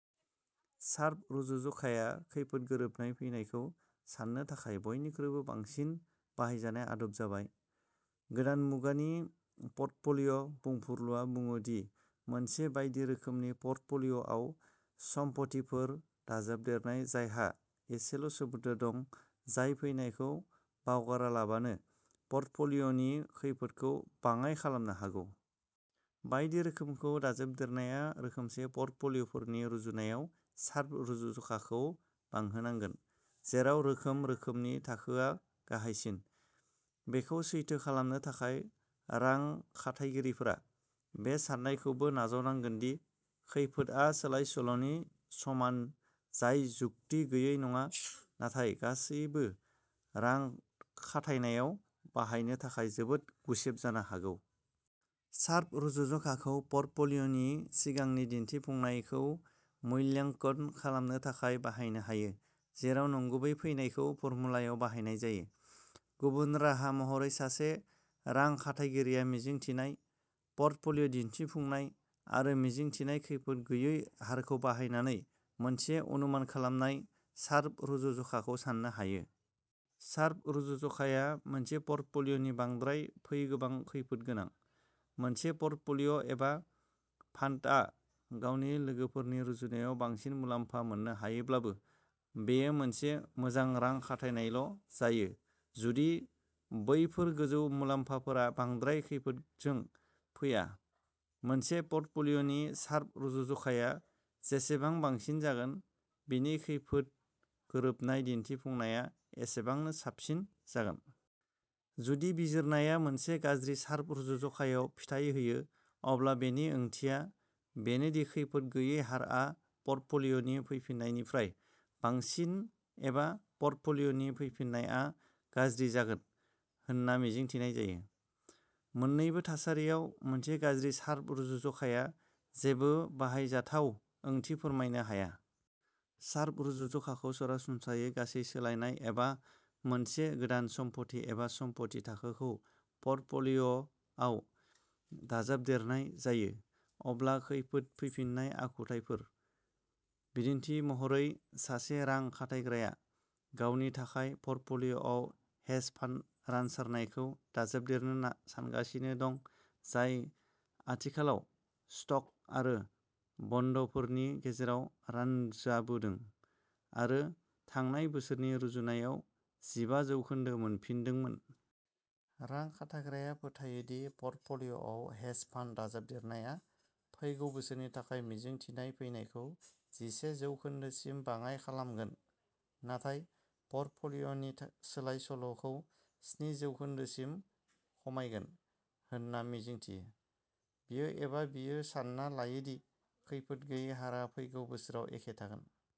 Sharp रुजुजखाया खैफोद गोरोबनाय फैनायखौ सान्नो थाखाय बयनिख्रुइबो बांसिन बाहायजानाय आदब जाबाय। गोदान मुगानि पर्टफ'लिय'बुंफुरलुआ बुङो दि मोनसे बायदि रोखोमनि पर्टफ'लिय'आव सम्फथिफोर दाजाबदेरनाय जायहा एसेल' सोमोन्दो दं जाय फैनायखौ बावगारालाबानो पर्टफ'लिय'नि खैफोदखौ बाङाइ खालामनो हागौ। बायदि रोखोमखौ दाजाबदेरनाया रोखोमसे पर्टफ'लिय'फोरनि रुजुनायाव शार्प रुजुज'खाखौ बांहोनांगोन जेराव रोखोम रोखोमनि थाखोआ गाहायसिन। बेखौ सैथो खालामनो थाखाय रां खाथायगिरिफोरा बे सान्नायखौबो नाजावनांगोन दि खैफोदआ सोलायसोल'नि समान जाय जुक्ति गैयै नङा नाथाय गासैबो रां खाथायनायाव बाहायनो थाखाय जोबोद गुसेब जानो हागौ। शार्प रुजुज'खाखौ पर्टफ'लिय'नि सिगांनि दिन्थिफुंनाय खौ मूल्याङ्कन खालामनो थाखाय बाहायनो हायो जेराव नंगुबै फैनायखौ फर्मुलायाव बाहायनाय जायो। गुबुन राहा महरै सासे रां खाथायगिरिया मिजिंथिनाय पर्टफ'लिय'दिन्थिफुंनाय आरो मिजिंथिनाय खैफोद गैयै हारखौ बाहायनानै मोनसे अनुमान खालामनाय शार्प रुजुज'खाखौ साननो हायो। शार्प रुजुज'खाया मोनसे पर्टफ'लिय'नि बांद्राय फै गोबां खैफोद गोनां। मोनसे पर्टफ'लिय'एबा फान्डआ गावनि लोगोफोरनि रुजुनायाव बांसिन मुलाम्फा मोननो हायोब्लाबो बेयो मोनसे मोजां रां खाथायनायल'जायो जुदि बैफोर गोजौ मुलाम्फाफोरा बांद्राय खैफोदजों फैया। मोनसे पर्टफ'लिय'नि शार्प रुजुज'खाया जेसेबां बांसिन जागोन बिनि खैफोद गोरोबनाय दिन्थिफुंनाया एसेबांनो साबसिन जागोन। जुदि बिजिरनाया मोनसे गाज्रि शार्प रुजुज'खायाव फिथाय होयो अब्ला बेनि ओंथिया बेनोदि खैफोद गैयै हारआ पर्टफ'लिय'नि फैफिन्नायनिफ्राय बांसिन एबा पर्टफ'लिय'नि फैफिन्नायआ गाज्रि जागोन होनना मिजिंथिनाय जायो। मोननैबो थासारियाव मोनसे गाज्रि शार्प रुजुज'खाया जेबो बाहायजाथाव ओंथि फोरमायनो हाया। शार्प रुजुज'खाखौ सरासनस्रायै गासै सोलायनाय जेब्ला मोनसे गोदान सम्फथि एबा सम्फथि थाखोखौ पर्टफ'लिय'आव दाजाबदेरनाय जायो अब्ला खैफोद फैफिन्नाय आखुथायफोर। बिदिन्थि महरै सासे रां खाथायग्राया गावनि थाखानाय पर्टफ'लिय'आव हेज फान्ड रानसारनायखौ दाजाबदेरनो सानगासिनो दं जाय आथिखालाव स्टक आरो बन्डफोरनि गेजेराव रानजाबोदों आरो थांनाय बोसोरनि रुजुनायाव जिबा जौखोन्दो मोनफिन्दोंमोन। रां खाथायग्राया फोथायो दि पर्टफ'लिय'आव हेज फान्ड दाजाबदेरनाया फैगौ बोसोरनि थाखाय मिजिंथिनाय फैनायखौ जिसे जौखोन्दो सिम बाङाइ खालामगोन नाथाय पर्टफ'लिय'नि सोलाय सोल'खौ स्नि जौखोन्दो सिम खमायगोन होनना मिजिंथियो। बियो एबा बियो सान्ना लायो दि खैफोद गैयै हारआ फैगौ बोसोराव एखे थागोन।